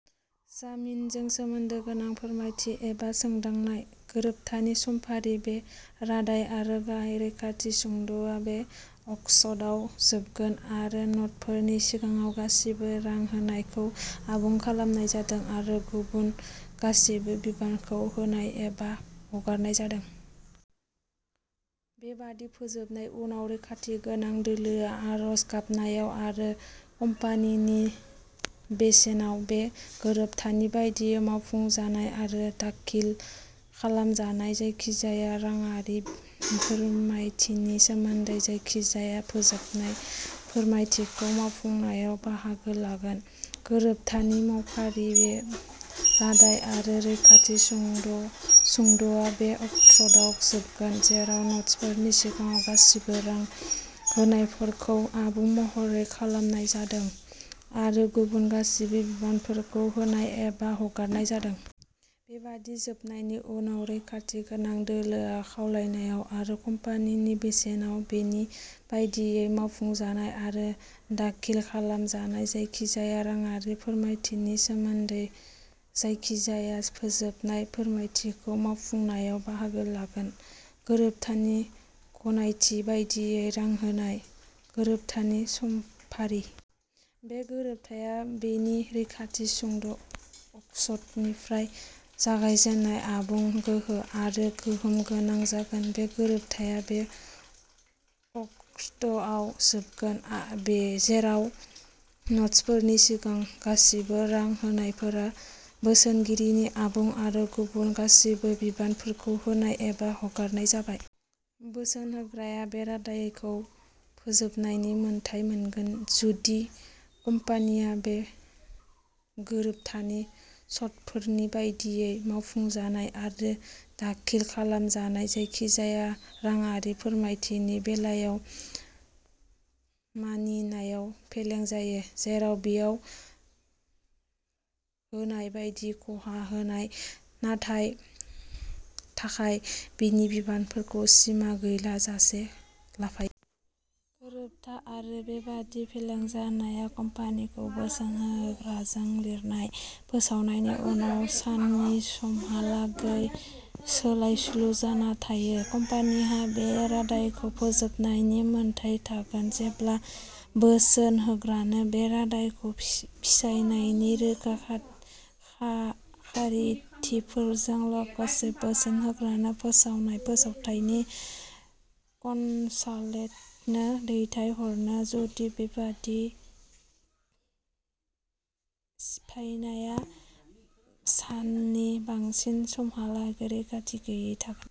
जामिनजों सोमोन्दो गोनां फोरमायथि एबा सोदांनाय। गोरोबथानि समफारि। बे रादाय आरो गाहायनि रैखाथि सुदआ बै अक्ट'आव जोबगोन जेराव नटफोरनि सिङाव गासिबो रां होनायफोरखौ आबुं खालामनाय जादों आरो गुबुन गासिबो बिबानफोरखौ होनाय एबा हगारनाय जादों। बेबादि फोजोबनायनि उनाव, रैखाथि गोनां दोलोआ, आर'ज गाबनायाव आरो कम्पानिनि बेसेनाव, बे गोरोबथानि बायदियै मावफुंजानाय आरो दाखिल खालामजानाय जायखिजाया राङारि फोरमायथिनि सोमोनदै जायखिजाया फोजोबनाय फोरमायथिखौ मावफुंनायाव बाहागो लागोन। गोरोबथानि समफारि। बे रादाय आरो रैखाथि सुदआ बै अक्ट'आव जोबगोन जेराव नटफोरनि सिङाव गासिबो रां होनायफोरखौ आबुं महरै खालामनाय जादों आरो गुबुन गासिबो बिबानफोरखौ होनाय एबा हगारनाय जादों। बेबादि फोजोबनायनि उनाव, रैखाथि गोनां दोलोआ, खावलायनायाव आरो कम्पानिनि बेसेनाव, बेनि बायदियै मावफुंजानाय आरो दाखिल खालामजानाय जायखिजाया राङारि फोरमायथिनि सोमोनदै जायखिजाया फोजोबनाय फोरमायथिखौ मावफुंनायाव बाहागो लागोन। गोरोबथानि गनायथि बायदियै रां होनाय। गोरोबथानि समफारि। बे गोरोबथाया बेनि रैखाथि सुद अक्ट'निफ्राय जागायजेन्नाय आबुं गोहो आरो गोहोम गोनां जागोन। बे गोरोबथाया बै अक्ट'आव जोबगोन जेराव नटफोरनि सिङाव गासिबो रां होनायफोरा बोसोनगिरिनि आबुं आरो गुबुन गासिबो बिबानफोरखौ होनाय एबा हगारनाय जाबाय। बोसोन होग्राया बे रादायखौ फोजोबनायनि मोन्थाइ मोनगोन जुदि कम्पानिया बे गोरोबथानि सर्तफोरनि बायदियै मावफुंजानाय आरो दाखिल खालामजानाय जायखिजाया राङारि फोरमायथिनि बेलायाव मानिनायाव फेलें जायो, जेराव बेयाव होनाय बायदि खहा होनायनि थाखाय बेनि बिबानफोरखौ सिमा गैयालासे लाफायो। गोरोबथा, आरो बेबादि फेलें जानाया कम्पानिखौ बोसोन होग्राजों लिरनाय फोसावथायनि उनाव साननि समहालागै सोलायस्लु जाना थायो। कम्पानिहा बे रादायखौ फोजोबनायनि मोन्थाइ थागोन जेब्ला बोसोन होग्रानो बे रादायखौ सिफायनायनि रोखा खारिथिफोरजों लोगोसे बोसोन होग्रानो फोसावनाय फोसावथायनि कनसालटेन्टनो दैथाय हरगोन, जुदि बेबादि सिफायनाया साननि बांसिन समहालागै रैखाथि गैयै थागोन।